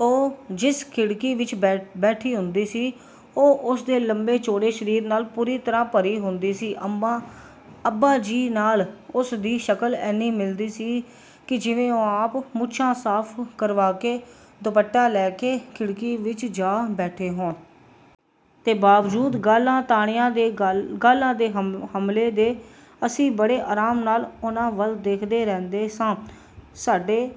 ਉਹ ਜਿਸ ਖਿੜਕੀ ਵਿੱਚ ਬੈਠੀ ਹੁੰਦੀ ਸੀ, ਉਹ ਉਸ ਦੇ ਲੰਮੇ-ਚੌੜੇ ਸਰੀਰ ਨਾਲ ਪੂਰੀ ਤਰ੍ਹਾਂ ਭਰੀ ਹੁੰਦੀ ਸੀ। ਅੱਬਾ ਜੀ ਨਾਲ ਉਸ ਦੀ ਸ਼ਕਲ ਇੰਨੀ ਮਿਲਦੀ ਸੀ ਕਿ ਜਿਵੇਂ ਉਹ ਆਪ ਮੁੱਛਾਂ ਸਾਫ਼ ਕਰਵਾ ਕੇ, ਦੁਪੱਟਾ ਲੈ ਕੇ, ਖਿੜਕੀ ਵਿੱਚ ਜਾ ਬੈਠੇ ਹੋਣ। ਤੇ ਬਾਵਜੂਦ ਗਾਲਾਂ, ਤਾਣਿਆਂ ਤੇ ਗਾਲ੍ਹਾਂ ਦੇ ਹਮਲੇ ਦੇ ਅਸੀਂ ਬੜੇ ਆਰਾਮ ਨਾਲ ਉਨ੍ਹਾਂ ਵੱਲ ਦੇਖਦੇ ਰਹਿੰਦੇ ਸਾਂ। ਸਾਢੇ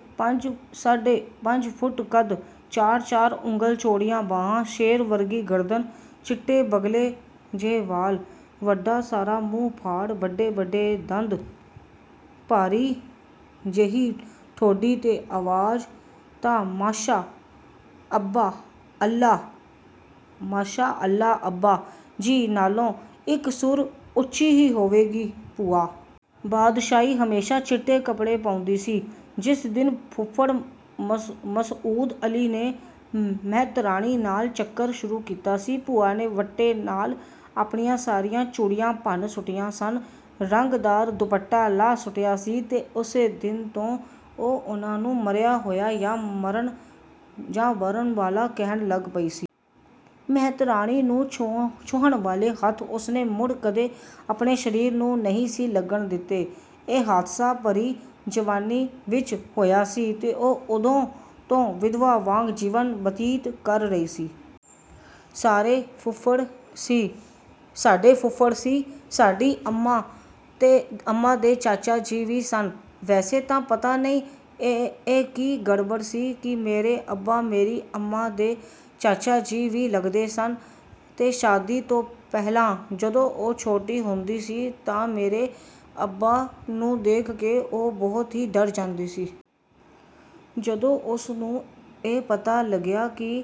ਪੰਜ ਫੁੱਟ ਕੱਦ, ਚਾਰ-ਚਾਰ ਉਂਗਲ ਚੌੜੀਆਂ ਬਾਹਾਂ, ਸ਼ੇਰ ਵਰਗੀ ਗਰਦਨ, ਚਿੱਟੇ ਬਗਲੇ ਜਿਹੇ ਵਾਲ, ਵੱਡਾ ਸਾਰਾ ਮੂੰਹ-ਫਾੜ, ਵੱਡੇ-ਵੱਡੇ ਦੰਦ, ਭਾਰੀ ਜਿਹੀ ਠੋਡੀ ਤੇ ਆਵਾਜ਼ ਤਾਂ ਮਾਸ਼ਾ ਅੱਲ੍ਹਾ ਅੱਬਾ ਜੀ ਨਾਲੋਂ ਇੱਕ ਸੁਰ ਉੱਚੀ ਹੀ ਹੋਵੇਗੀ। ਭੂਆ ਬਾਦਸ਼ਾਹੀ ਹਮੇਸ਼ਾ ਚਿੱਟੇ ਕੱਪੜੇ ਪਾਉਂਦੀ ਸੀ। ਜਿਸ ਦਿਨ ਫੁੱਫੜ ਮਸਊਦ ਅਲੀ ਨੇ ਮਹਿਤਰਾਣੀ ਨਾਲ ਚੱਕਰ ਸ਼ੁਰੂ ਕੀਤਾ ਸੀ, ਭੂਆ ਨੇ ਵੱਟੇ ਨਾਲ ਆਪਣੀਆਂ ਸਾਰੀਆਂ ਚੂੜੀਆਂ ਭੰਨ ਸੁੱਟੀਆਂ ਸਨ। ਰੰਗਦਾਰ ਦੁਪੱਟਾ ਲਾਹ ਸੁੱਟਿਆ ਸੀ ਤੇ ਉਸੇ ਦਿਨ ਤੋਂ ਉਹ ਉਨ੍ਹਾਂ ਨੂੰ ਮਰਿਆ ਹੋਇਆ ਜਾਂ 'ਮਰਨ ਵਾਲਾ' ਕਹਿਣ ਲੱਗ ਪਈ ਸੀ। ਮਹਿਤਰਾਣੀ ਨੂੰ ਛੂਹਣ ਵਾਲੇ ਹੱਥ ਉਸ ਨੇ ਮੁੜ ਕਦੇ ਆਪਣੇ ਸਰੀਰ ਨੂੰ ਨਹੀਂ ਸੀ ਲੱਗਣ ਦਿੱਤੇ। ਇਹ ਹਾਦਸਾ ਭਰੀ ਜਵਾਨੀ ਵਿੱਚ ਹੋਇਆ ਸੀ ਤੇ ਉਹ ਉਦੋਂ ਤੋਂ ਵਿਧਵਾ ਵਾਂਗ ਜੀਵਨ ਬਤੀਤ ਕਰ ਰਹੀ ਸੀ। ਸਾਡੇ ਫੁੱਫੜ ਜੀ, ਸਾਡੀ ਅੰਮਾਂ ਦੇ ਚਾਚਾ ਜੀ ਵੀ ਸਨ। ਵੈਸੇ ਤਾਂ ਪਤਾ ਨਹੀਂ ਇਹ ਕੀ ਗੜਬੜ ਸੀ ਕਿ ਮੇਰੇ ਅੱਬਾ ਮੇਰੀ ਅੰਮਾਂ ਦੇ ਚਾਚਾ ਜੀ ਵੀ ਲੱਗਦੇ ਸਨ ਤੇ ਸ਼ਾਦੀ ਤੋਂ ਪਹਿਲਾਂ ਜਦੋਂ ਉਹ ਛੋਟੀ ਹੁੰਦੀ ਸੀ ਤਾਂ ਮੇਰੇ ਅੱਬਾ ਨੂੰ ਦੇਖ ਕੇ ਉਹ ਬਹੁਤ ਹੀ ਡਰ ਜਾਂਦੀ ਸੀ। ਜਦੋਂ ਉਸ ਨੂੰ ਇਹ ਪਤਾ ਲੱਗਿਆ ਕਿ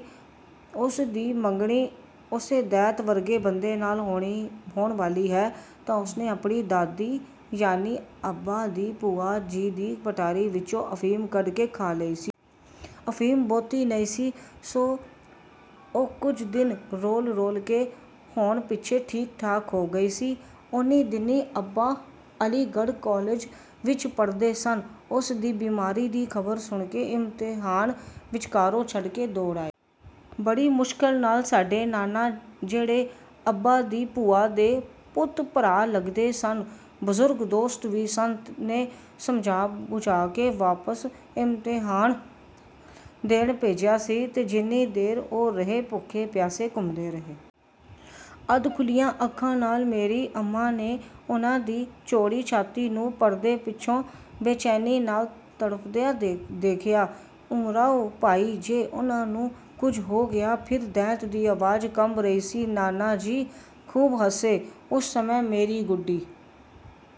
ਉਸ ਦੀ ਮੰਗਣੀ ਉਸੇ ਦੈਂਤ ਵਰਗੇ ਬੰਦੇ ਨਾਲ ਹੋਣ ਵਾਲੀ ਹੈ ਤਾਂ ਉਸ ਨੇ ਆਪਣੀ ਦਾਦੀ ਯਾਨੀ ਅੱਬਾ ਦੀ ਭੂਆ ਜੀ ਦੀ ਪਟਾਰੀ ਵਿੱਚੋਂ ਅਫ਼ੀਮ ਕੱਢ ਕੇ ਖਾ ਲਈ ਸੀ। ਅਫ਼ੀਮ ਬਹੁਤੀ ਨਹੀਂ ਸੀ ਸੋ ਉਹ ਕੁਝ ਦਿਨ ਰੋਲ-ਰੋਲ ਕੇ ਹੋਣ ਪਿੱਛੋਂ ਠੀਕ-ਠਾਕ ਹੋ ਗਈ ਸੀ। ਉਹਨੀਂ ਦਿਨੀਂ ਅੱਬਾ ਅਲੀਗੜ੍ਹ ਕਾਲਜ ਵਿੱਚ ਪੜ੍ਹਦੇ ਸਨ। ਉਸਦੀ ਬਿਮਾਰੀ ਦੀ ਖ਼ਬਰ ਸੁਣ ਕੇ ਇਮਤਿਹਾਨ ਵਿਚਕਾਰੋਂ ਛੱਡ ਕੇ ਦੌੜ ਆਏ। ਬੜੀ ਮੁਸ਼ਕਿਲ ਨਾਲ ਸਾਡੇ ਨਾਨਾ, ਜਿਹੜੇ ਅੱਬਾ ਦੀ ਭੂਆ ਦੇ ਪੁੱਤ-ਭਰਾ ਲੱਗਦੇ ਸਨ ਤੇ ਬਜ਼ੁਰਗ ਦੋਸਤ ਵੀ ਸਨ, ਨੇ ਸਮਝਾ-ਬੁਝਾ ਕੇ ਵਾਪਸ ਇਮਤਿਹਾਨ ਦੇਣ ਭੇਜਿਆ ਸੀ। ਜਿੰਨੀ ਦੇਰ ਉਹ ਰਹੇ, ਭੁੱਖੇ ਪਿਆਸੇ ਘੁੰਮਦੇ ਰਹੇ। ਅੱਧ-ਖੁੱਲ੍ਹੀਆਂ ਅੱਖਾਂ ਨਾਲ ਮੇਰੀ ਅੰਮਾਂ ਨੇ ਉਨ੍ਹਾਂ ਦੀ ਚੌੜੀ ਛਾਤੀ ਨੂੰ ਪਰਦੇ ਪਿੱਛੋਂ ਬੇਚੈਨੀ ਨਾਲ ਤੜਫ਼ਦਿਆਂ ਦੇਖਿਆ। ''ਉਮਰਾਓ ਭਾਈ ਜੇ ਉਨ੍ਹਾਂ ਨੂੰ ਕੁਝ ਹੋ ਗਿਆ ਫਿਰ,'' ਦੈਂਤ ਦੀ ਆਵਾਜ਼ ਕੰਬ ਰਹੀ ਸੀ। ਨਾਨਾ ਜੀ ਖੂਬ ਹੱਸੇ। ਉਸ ਸਮੇਂ ਮੇਰੀ ਗੁੱਡੀ